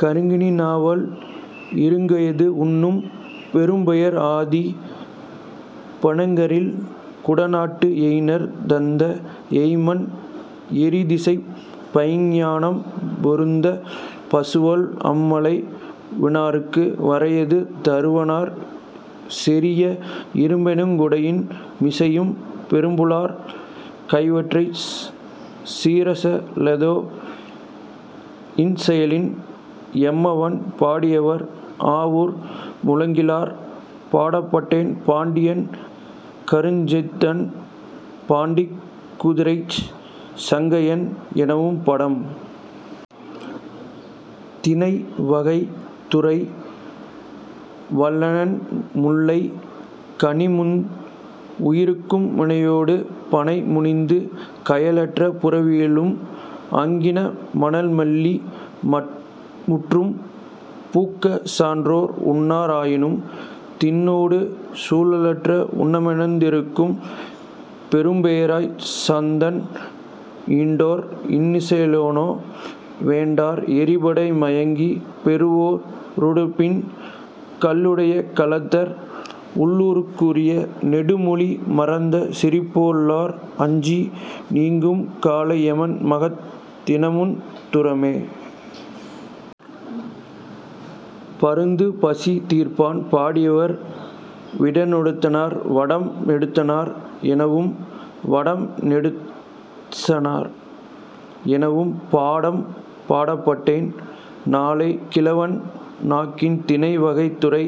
கருங்கனி நாவல் இருந்துகொய்து உண்ணும், பெரும்பெயர் ஆதி, பிணங்கரில் குடநாட்டு, எயினர் தந்த எய்ம்மான் எறிதசைப் பைஞ்ஞிணம் பெருத்த பசுவெள் அமலை, வருநர்க்கு வரையாது தருவனர் சொரிய, இரும்பனங் குடையின் மிசையும் பெரும்புலர் வைகறைச் சீர்சா லாதே.. இன்சாயலன் ஏமமாவான்! பாடியவர்: ஆவூர் மூலங்கிழார் பாடப்பட்டோன்: பாண்டியன் கீரஞ்சாத்தன் பாண்டிக் குதிரைச் சாக்கையன் எனவும் பாடம். திணை: வாகை துறை: வல்லாண் முல்லை கந்துமுனிந்து உயிர்க்கும்யானையடு, பணைமுனிந்து, கால்இயற் புரவி ஆலும் ஆங்கண், மணல்மலி முற்றம் புக்க சான்றோர் உண்ணார் ஆயினும், தன்னொடு சூளுற்று உண்மென இரக்கும் பெரும்பெயர்ச் சாத்தன் ஈண்டோர் இன்சா யலனே; வேண்டார் எறிபடை மயங்கிய வெருவரு ஞாட்பின், கள்ளுடைக் கலத்தர் உள்ளூர்க் கூறிய நெடுமொழி மறந்த சிறுபே ராளர் அஞ்சி நீங்கும் காலை, ஏம மாகத் தான்முந் துறுமே.. பருந்து பசி தீர்ப்பான்! பாடியவர்: வடநெடுந்தத்தனார்; வடம நெடுந்தத்தனார் எனவும், வடம நெடுந்தச்சனார் எனவும் பாடம். பாடப்பட்டோன்: நாலை கிழவன் நாகன் திணை: வாகை துறை: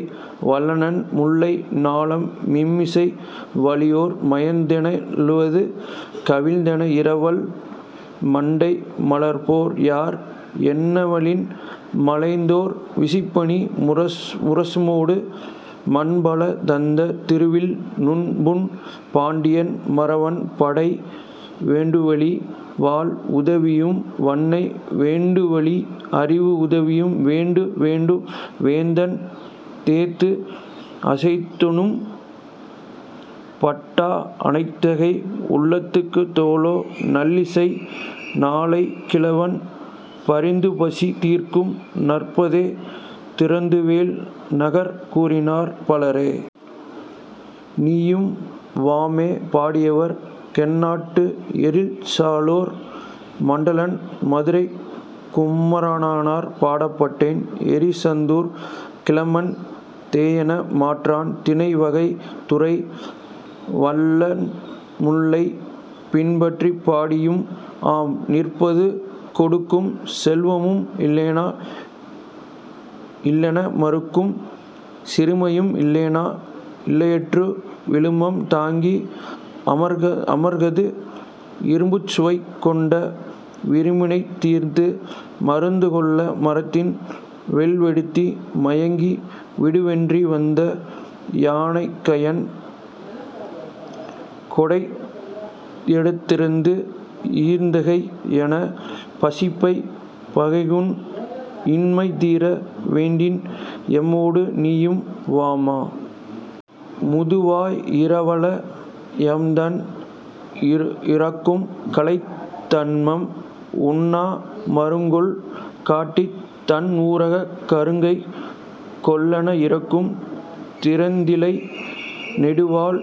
வல்லாண் முல்லை ஞாலம் மீமிசை வள்ளியோர் மாய்ந் தென, ஏலாது கவிழ்ந்தஎன் இரவல் மண்டை மலர்ப்போர் யார்? ' என வினவலின் மலைந்தோர் விசிபிணி முரசமொடு மண்பல தந்த திருவீழ் நுண்பூண் பாண்டியன் மறவன், படை வேண்டுவழி வாள் உதவியும், வினை வேண்டுவழி அறிவு உதவியும், வேண்டுப வேண்டுப வேந்தன் தேஎத்து அசைநுகம் படாஅ ஆண்தகை உள்ளத்துத், தோலா நல்லிசை, நாலை கிழவன், பருந்துபசி தீர்க்கும் நற்போர்த் திருந்துவேல் நாகற் கூறினர், பலரே.. நீயும் வம்மோ! பாடியவர்: கோனாட்டு எறிச்சிலூர் மாடலன் மதுரைக் குமரனார். பாடப்பட்டோன்: ஈர்ந்தூர் கிழான் தோயன் மாறன். திணை: வாகை. துறை: வல்லாண்முல்லை; பாணாற்றுப் படையும் ஆம். நிரப்பாது கொடுக்கும் செல்வமும் இலனே; இல்லென மறுக்கும் சிறுமையும் இலனே; இறையுறு விழுமம் தாங்கி, அமர்அகத்து இரும்புசுவைக் கொண்ட விழுப்புண்நோய் தீர்ந்து, மருந்துகொள் மரத்தின் வாள்வடு மயங்கி, வடுவின்றி வடிந்த யாக்கையன், கொடையெதிர்ந்து, ஈர்ந்தை யோனே, பாண்பசிப் பகைஞன்; இன்மை தீர வேண்டின், எம்மொடு நீயும் வம்மோ? முதுவாய் இரவல! யாம்தன் இரக்கும் காலைத், தான்எம் உண்ணா மருங்குல் காட்டித், தன்ஊர்க் கருங்கைக் கொல்லனை இரக்கும், 'திருந்திலை நெடுவேல்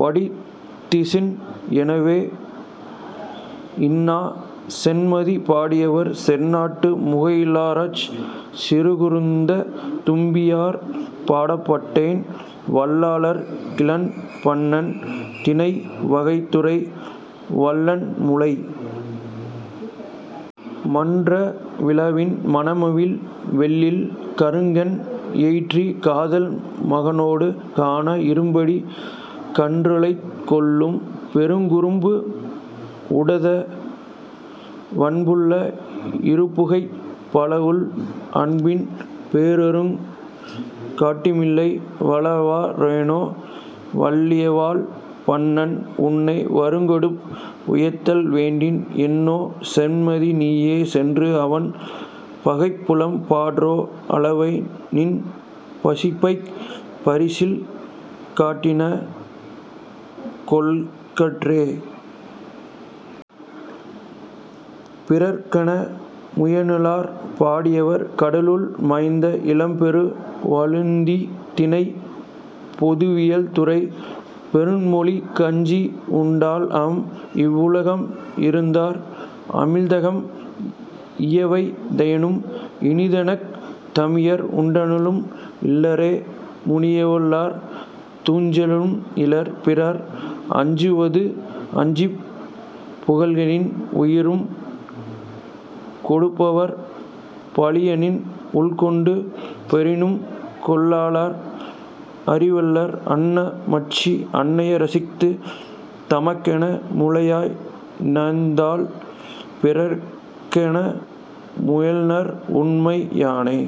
வடித்திசின்' எனவே.. இன்னே சென்மதி! பாடியவர்: சோணாட்டு முகையலூர்ச் சிறுகருந் தும்பி யார். பாடப்பட்டோன்: வல்லார் கிழான் பண்ணன். திணை: வாகை. துறை: வல்லாண்முல்லை. மன்ற விளவின் மனைவீழ் வெள்ளில், கருங்கண் எயிற்றி காதல் மகனொடு, கான இரும்பிடிக் கன்றுதலைக் கொள்ளும் பெருங்குறும்பு உடுத்த வன்புல இருக்கைப், புலாஅல் அம்பின், போர்அருங் கடிமிளை, வலாஅ ரோனே, வாய்வாள் பண்ணன்; உண்ணா வறுங்கடும்பு உய்தல் வேண்டின், இன்னே சென்மதி, நீயே; சென்று, அவன் பகைப்புலம் படரா அளவை, நின் பசிப்பகைப் பரிசில் காட்டினை கொளற்கே.. பிறர்க்கென முயலுநர்! பாடியவர்: கடலுள் மாய்ந்த இளம்பெரு வழுதி திணை: பொதுவியல் துறை: பொருண்மொழிக் காஞ்சி உண்டால் அம்ம, இவ்வுலகம்; இந்திரர்; அமிழ்தம் இயைவ தாயினும், இனிதுஎனத் தமியர் உண்டலும் இலரே; முனிவிலர்! துஞ்சலும் இலர்; பிறர் அஞ்சுவது அஞ்சிப், புகழ்எனின், உயிருங் கொடுக்குவர், பழியெனின், உலகுடன் பெறினும், கொள்ளலர், அயர்விலர்; அன்ன மாட்சி அனைய ராகித், தமக்கென முயலா நோன்தாள், பிறர்க்கென முயலுநர் உண்மை யானே..